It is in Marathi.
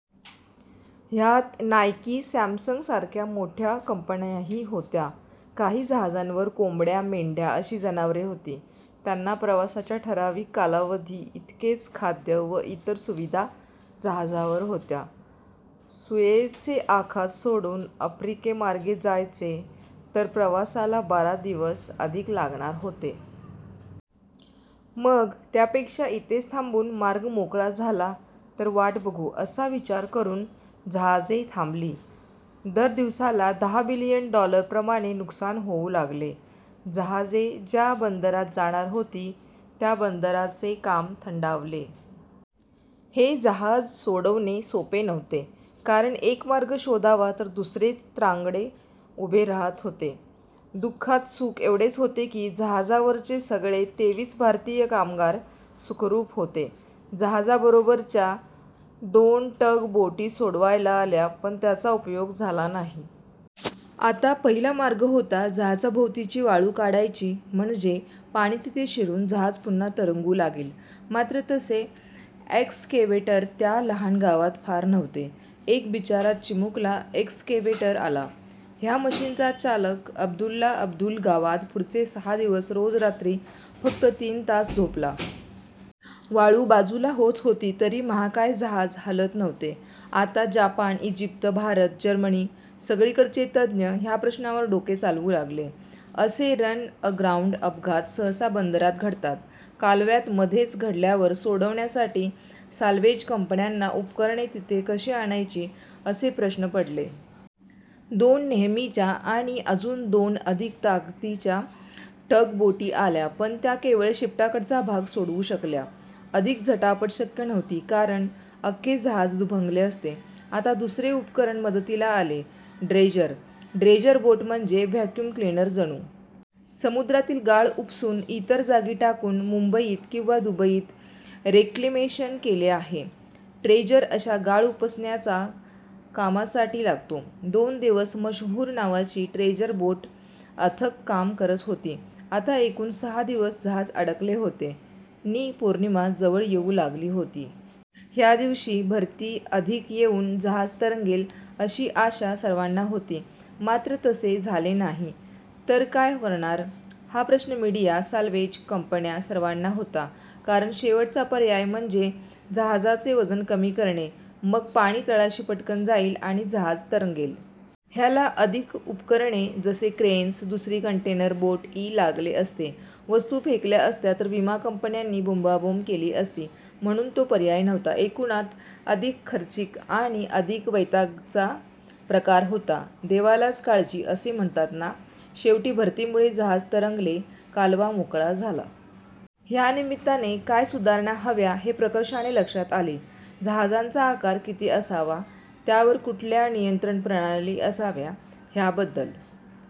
ह्यात नाईकी, सॅमसंग सारख्या मोठ्या कंपन्याही होत्या. काही जहाजांवर कोंबड्या, मेंढ्या अशी जनावरे होती. त्यांना प्रवासाच्या ठराविक कालावधी इतकेच खाद्य व इतर सुविधा जहाजावर होत्या. सुऐचे आखात सोडून आफ्रिकेमार्गे जायचे तर प्रवासाला बारा दिवस अधिक लागणार होते. मग त्यापेक्षा इथेच थांबून मार्ग मोकळा झाला तर वाट बघू असा विचार करून जहाजे थांबली. दर दिवसाला दहा बिलियन डॉलर प्रमाणे नुकसान होऊ लागले. जहाजे ज्या बंदरात जाणार होती त्या बंदरांचे काम थंडावले. हे जहाज सोडवणे सोपे नव्हते, कारण एक मार्ग शोधावा तर दुसरेच त्रांगडे उभे राहत होते. दुःखात सुख एवढेच होते की जहाजावरचे सगळे तेवीस भारतीय कामगार सुखरूप होते. जहाजाबरोबरच्या दोन टग बोटी सोडवायला आल्या पण त्याचा उपयोग झाला नाही. आता पहिला मार्ग होता जहाजाभोवतीची वाळू काढायची म्हणजे पाणी तिथे शिरून जहाज पुन्हा तरंगू लागेल. मात्र तसे एक्सकेव्हेटर त्या लहान गावात फार नव्हते. एक बिचारा चिमुकला एक्सकेव्हेटर आला. ह्या मशीनचा चालक अब्दुल्ला अब्दुल-गावाद पुढचे सहा दिवस रोज रात्री फक्त तीन तास झोपला. वाळू बाजूला होत होती तरी महाकाय जहाज हलत नव्हते. आता जपान, ईजिप्त, भारत, जर्मनी सगळीकडचे तज्ञ ह्या प्रश्नावर डोके चालवू लागले. असे 'रन अग्राउंड' अपघात सहसा बंदरात घडतात. कालव्यात मध्येच घडल्यावर सोडवण्यासाठी साल्व्हेज कंपन्यांना उपकरणे तिथे कशी आणायची असे प्रश्न पडले. दोन नेहमीच्या आणि अजून दोन अधिक ताकदीच्या टग बोटी आल्या पण त्या केवळ शेपटाकडचा भाग सोडवू शकल्या. अधिक झटापट शक्य नव्हती कारण अख्खे जहाज दुभंगले असते. आता दुसरे उपकरण मदतीला आले ड्रेजर ड्रेजर बोट म्हणजे व्हॅक्यूम क्लीनर जणू. समुद्रातील गाळ उपसून इतर जागी टाकून मुंबईत किंवा दुबईत 'रेक्लेमेशन' केले आहे. ड्रेजर अशा गाळ उपसण्याचा कामासाठी लागतो. दोन दिवस 'मशहूर' नावाची ड्रेजर बोट अथक काम करत होती. आता एकूण सहा दिवस जहाज अडकले होते नि पौर्णिमा जवळ येऊ लागली होती. ह्या दिवशी भरती अधिक येऊन जहाज तरंगेल अशी आशा सर्वाना होती. मात्र तसे झालं नाही तर काय करणार? हा प्रश्न मिडीया, साल्वेज कंपन्या सर्वाना होता. कारण शेवटचा पर्याय म्हणजे जहाजाचे वजन कमी करणे मग पाणी तळाशी पटकन जाईल आणि जहाज तरंगेल. ह्याला अधिक उपकरणे जसे क्रेन्स, दुसरी कंटेनर बोट इ लागले असते. वस्तू फेकल्या असत्या तर विमा कंपन्यांनी बोंबाबोंब केली असती म्हणून तो पर्याय नव्हता. एकूणात अधिक खर्चिक आणि अधिक वैतागाचा प्रकार होता. देवालाच काळजी असते म्हणतात ना, शेवटी भरतीमुळे जहाज तरंगले, कालवा मोकळा झाला!! ह्या निमित्ताने काय सुधारणा हव्या हे प्रकर्षाने लक्षात आले. जहाजांचा आकार किती असावा, त्यावर कुठल्या नियंत्रण प्रणाली असाव्या ह्या बद्दल--